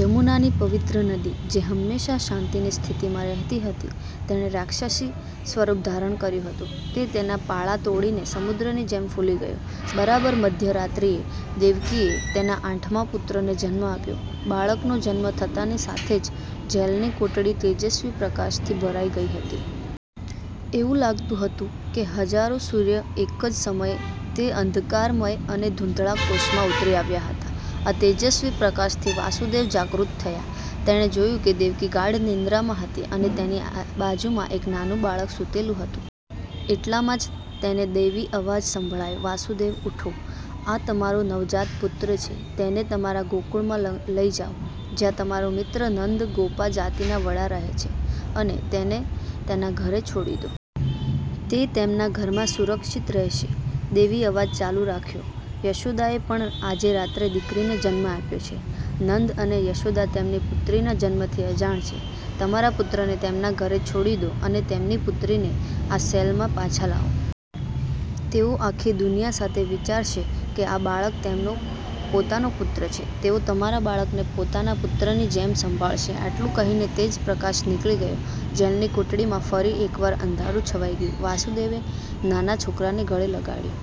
યમુનાની પવિત્ર નદી, જે હંમેશા શાંતિની સ્થિતિમાં રહેતી હતી, તેણે રાક્ષસી સ્વરૂપ ધારણ કર્યું હતું. તે તેના પાળા તોડીને સમુદ્રની જેમ ફૂલી ગયો. બરાબર મધ્યરાત્રિએ, દેવકીએ તેના આઠમા પુત્રને જન્મ આપ્યો. બાળકનો જન્મ થતાંની સાથે જ જેલની કોટડી તેજસ્વી પ્રકાશથી ભરાઈ ગઈ હતી. એવું લાગતું હતું કે હજારો સૂર્ય એક જ સમયે, તે અંધકારમય અને ધૂંધળા કોષમાં ઉતરી આવ્યા હતા. આ તેજસ્વી પ્રકાશથી વાસુદેવ જાગૃત થયા. તેણે જોયું કે દેવકી ગાઢ નિંદ્રામાં હતી અને તેની બાજુમાં એક નાનું બાળક સૂતેલું હતું. એટલામાં જ તેને દૈવી અવાજ સંભળાયો, વાસુદેવ, ઉઠો. આ તમારો નવજાત પુત્ર છે. તેને તમારા ગોકુળમાં લઈ જાઓ જ્યાં તમારો મિત્ર નંદ, ગોપા જાતિના વડા રહે છે, અને તેને તેના ઘરે છોડી દો. તે તેમના ઘરમાં સુરક્ષિત રહેશે. દૈવી અવાજ ચાલુ રાખ્યો, યશોદાએ પણ આજે રાત્રે દીકરીને જન્મ આપ્યો છે. નંદ અને યશોદા તેમની પુત્રીના જન્મથી અજાણ છે. તમારા પુત્રને તેમના ઘરે છોડી દો અને તેમની પુત્રીને આ સેલમાં પાછા લાવો. તેઓ આખી દુનિયા સાથે વિચારશે કે આ બાળક તેમનો પોતાનો પુત્ર છે. તેઓ તમારા બાળકને પોતાના પુત્રની જેમ સંભાળશે. આટલું કહીને તેજ પ્રકાશ નીકળી ગયો. જેલની કોટડીમાં ફરી એકવાર અંધારું છવાઈ ગયું. વાસુદેવે નાના છોકરાને ગળે લગાડ્યો.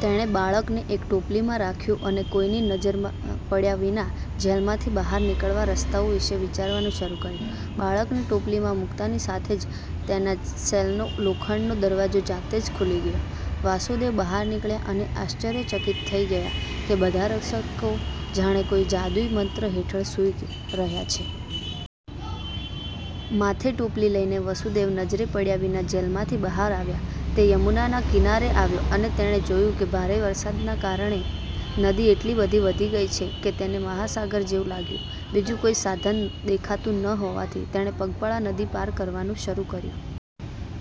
તેણે બાળકને એક ટોપલીમાં રાખ્યું અને કોઈની નજરમાં પડ્યા વિના જેલમાંથી બહાર નીકળવાના રસ્તાઓ વિશે વિચારવાનું શરૂ કર્યું. બાળકને ટોપલીમાં મૂકતાની સાથે જ તેના સેલનો લોખંડનો દરવાજો જાતે જ ખુલી ગયો. વાસુદેવ બહાર નીકળ્યા અને આશ્ચર્યચકિત થઈ ગયા કે બધા રક્ષકો જાણે કોઈ જાદુઈ મંત્ર હેઠળ સૂઈ રહ્યા છે. માથે ટોપલી લઈને વસુદેવ નજરે પડ્યા વિના જેલમાંથી બહાર આવ્યા. તે યમુનાના કિનારે આવ્યો અને તેણે જોયું કે ભારે વરસાદને કારણે નદી એટલી બધી વધી ગઈ છે કે તેને મહાસાગર જેવું લાગ્યું. બીજું કોઈ સાધન દેખાતું ન હોવાથી તેણે પગપાળા નદી પાર કરવાનું શરૂ કર્યું.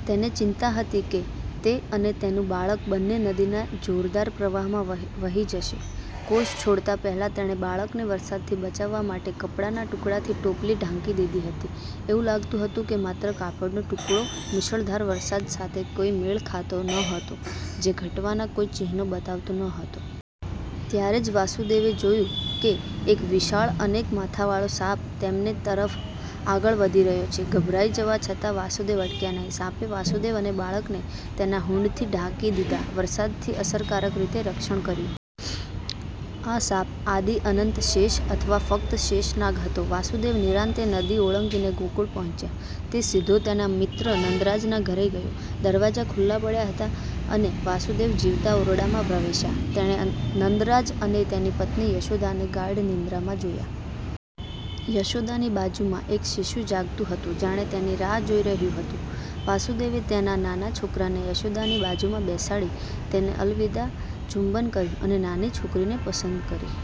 તેને ચિંતા હતી કે તે અને તેનું બાળક બંને નદીના જોરદાર પ્રવાહમાં વહી જશે. કોષ છોડતા પહેલા તેણે બાળકને વરસાદથી બચાવવા માટે કપડાના ટુકડાથી ટોપલી ઢાંકી દીધી હતી. એવું લાગતું હતું કે માત્ર કાપડનો ટુકડો મુશળધાર વરસાદ સાથે કોઈ મેળ ખાતો ન હતો જે ઘટવાના કોઈ ચિહ્નો બતાવતો ન હતો. ત્યારે જ, વાસુદેવે જોયું કે એક વિશાળ, અનેક માથાવાળો સાપ તેમની તરફ આગળ વધી રહ્યો છે. ગભરાઈ જવા છતાં વાસુદેવ અટક્યા નહિ. સાપે વાસુદેવ અને બાળકને તેના હૂડથી ઢાંકી દીધા, વરસાદથી અસરકારક રીતે રક્ષણ કર્યું. આ સાપ આદિ-અનંત શેષ અથવા ફક્ત શેષ નાગ હતો.. વાસુદેવ નિરાંતે નદી ઓળંગીને ગોકુળ પહોંચ્યા. તે સીધો તેના મિત્ર નંદરાજના ઘરે ગયો. દરવાજા ખુલ્લા પડ્યા અને વાસુદેવ જીવતા ઓરડામાં પ્રવેશ્યા. તેણે નંદરાજ અને તેની પત્ની યશોદાને ગાઢ નિંદ્રામાં જોયા. યશોદાની બાજુમાં એક શિશુ જાગતું હતું, જાણે તેની રાહ જોઈ રહ્યું હતું. વાસુદેવે તેના નાના છોકરાને યશોદાની બાજુમાં બેસાડી, તેને અલવિદા ચુંબન કર્યું અને નાની છોકરીને પસંદ કરી.